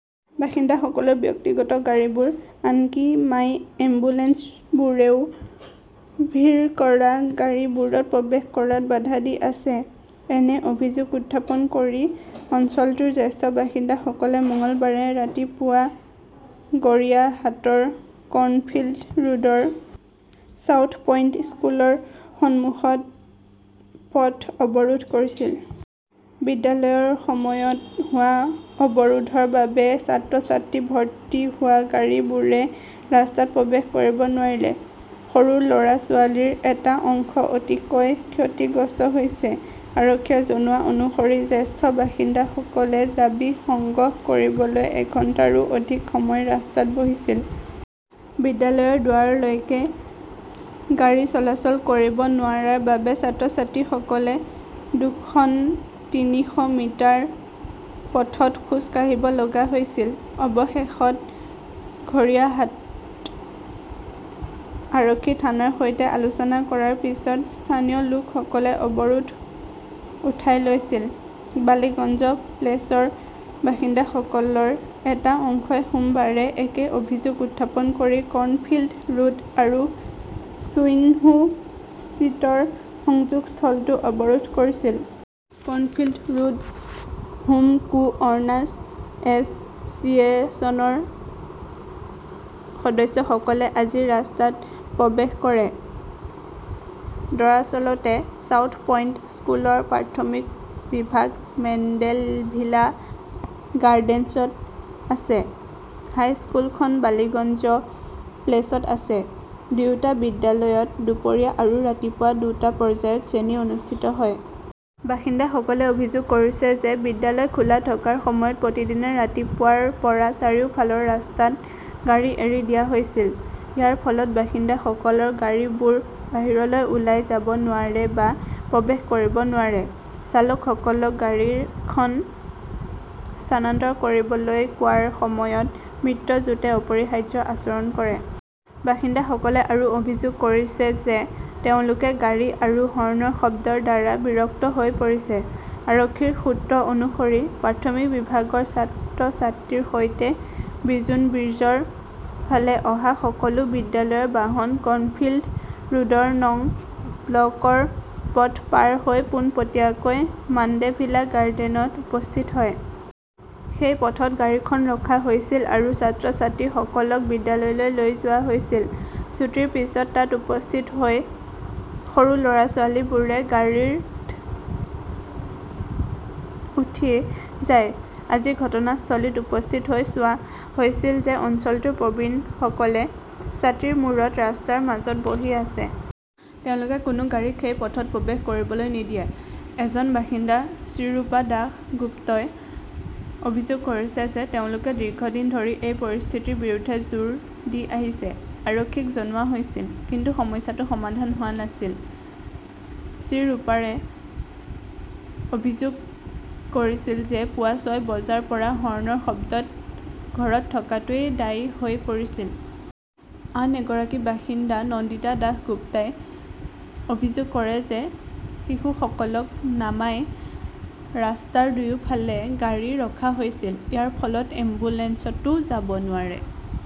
বাসিন্দাসকলৰ ব্যক্তিগত গাড়ীবোৰ, আনকি মাই এম্বুলেন্সবোৰেও ভিৰ কৰা গাড়ীবোৰত প্ৰৱেশ কৰাত বাধা দি আছে। এনে অভিযোগ উত্থাপন কৰি অঞ্চলটোৰ জ্যেষ্ঠ বাসিন্দাসকলে মঙলবাৰে ৰাতিপুৱা গড়িয়াহাটৰ কৰ্ণফিল্ড ৰোডৰ চাউথ পইণ্ট স্কুলৰ সন্মুখত পথ অৱৰোধ কৰিছিল। বিদ্যালয়ৰ সময়ত হোৱা অৱৰোধৰ বাবে ছাত্ৰ-ছাত্ৰী ভৰ্তি হোৱা গাড়ীবোৰে ৰাস্তাত প্ৰৱেশ কৰিব নোৱাৰিলে। সৰু ল'ৰা-ছোৱালীৰ এটা অংশ অতিশয় ক্ষতিগ্ৰস্ত হৈছে। আৰক্ষীয়ে জনোৱা অনুসৰি জ্যেষ্ঠ বাসিন্দাসকলে দাবী সংগ্ৰহ কৰিবলৈ এঘণ্টাৰো অধিক সময় ৰাস্তাত বহিছিল। বিদ্যালয়ৰ দুৱাৰলৈকে গাড়ী চলাচল কৰিব নোৱাৰাৰ বাবে ছাত্ৰ-ছাত্ৰীসকলে দুখন, তিনিশ মিটাৰ পথত খোজ কাঢ়িব লগা হৈছিল। অৱশেষত ঘৰিয়াহাট আৰক্ষী থানাৰ সৈতে আলোচনা কৰাৰ পিছত স্থানীয় লোকসকলে অৱৰোধ উঠাই লৈছিল। বালিগঞ্জ প্লেচৰ বাসিন্দাসকলৰ এটা অংশই সোমবাৰে একে অভিযোগ উত্থাপন কৰি কৰ্ণফিল্ড ৰোড আৰু ছুইনহো ষ্ট্ৰীটৰ সংযোগস্থলটো অৱৰোধ কৰিছিল। Cornfield Road Home co owners এছ চিয়েশ্যনৰ সদস্যসকলে আজি ৰাস্তাত প্ৰৱেশ কৰে। দৰাচলতে, চাউথ পইণ্ট স্কুলৰ প্ৰাথমিক বিভাগ মেণ্ডেভিলা গাৰ্ডেনছত আছে। হাইস্কুলখন বালিগঞ্জ প্লেচত আছে। দুয়োটা বিদ্যালয়ত দুপৰীয়া আৰু ৰাতিপুৱা দুটা পৰ্যায়ত শ্ৰেণী অনুষ্ঠিত হয়। বাসিন্দাসকলে অভিযোগ কৰিছে যে বিদ্যালয় খোলা থকাৰ সময়ত প্ৰতিদিনে ৰাতিপুৱাৰ পৰা চাৰিওফালৰ ৰাস্তাত গাড়ী এৰি দিয়া হৈছিল। ইয়াৰ ফলত বাসিন্দাসকলৰ গাড়ীবোৰ বাহিৰলৈ ওলাই যাব নোৱাৰে বা প্ৰৱেশ কৰিব নোৱাৰে। চালকসকলক গাড়ীখন স্থানান্তৰ কৰিবলৈ কোৱাৰ সময়ত মিত্ৰজোটে অপৰিহাৰ্য আচৰণ কৰে। বাসিন্দাসকলে আৰু অভিযোগ কৰিছে যে তেওঁলোকে গাড়ী আৰু হৰ্ণৰ শব্দৰ দ্বাৰা বিৰক্ত হৈ পৰিছে। আৰক্ষীৰ সূত্ৰ অনুসৰি, প্ৰাথমিক বিভাগৰ ছাত্ৰ-ছাত্ৰীৰ সৈতে বিজোন ব্ৰীজৰ ফালে অহা সকলো বিদ্যালয়ৰ বাহন কৰ্ণফিল্ড ৰোডৰ নং ব্লকৰ পথ পাৰ হৈ পোনপটীয়াকৈ মাণ্ডেভিলা গাৰ্ডেনত উপস্থিত হয়। সেই পথত গাড়ীখন ৰখা হৈছিল আৰু ছাত্ৰ-ছাত্ৰীসকলক বিদ্যালয়লৈ লৈ যোৱা হৈছিল। ছুটীৰ পিছত তাত উপস্থিত হৈ সৰু ল'ৰা-ছোৱালীবোৰে গাড়ীত উঠি যায়। আজি ঘটনাস্থলীত উপস্থিত হৈ চোৱা হৈছিল যে অঞ্চলটোৰ প্ৰবীণসকলে ছাতিৰ মূৰত ৰাস্তাৰ মাজত বহি আছে। তেওঁলোকে কোনো গাড়ীক সেই পথত প্ৰৱেশ কৰিবলৈ নিদিয়ে। এজন বাসিন্দা শ্ৰীৰুপা দাসগুপ্তই অভিযোগ কৰিছে যে তেওঁলোকে দীৰ্ঘদিন ধৰি এই পৰিস্থিতিৰ বিৰুদ্ধে জোৰ দি আহিছে। আৰক্ষীক জনোৱা হৈছিল। কিন্তু সমস্যাটো সমাধান হোৱা নাছিল। শ্ৰীৰুপাৰে অভিযোগ কৰিছিল যে পুৱা ছয় বজাৰ পৰা হৰ্নৰ শব্দত ঘৰত থকাটোৱেই দায় হৈ পৰিছিল। আন এগৰাকী বাসিন্দা নন্দিতা দাসগুপ্তাই অভিযোগ কৰে যে শিশুসকলক নামাই ৰাস্তাৰ দুয়োফালে গাড়ী ৰখা হৈছিল। ইয়াৰ ফলত এম্বুলেন্সটোও যাব নোৱাৰে।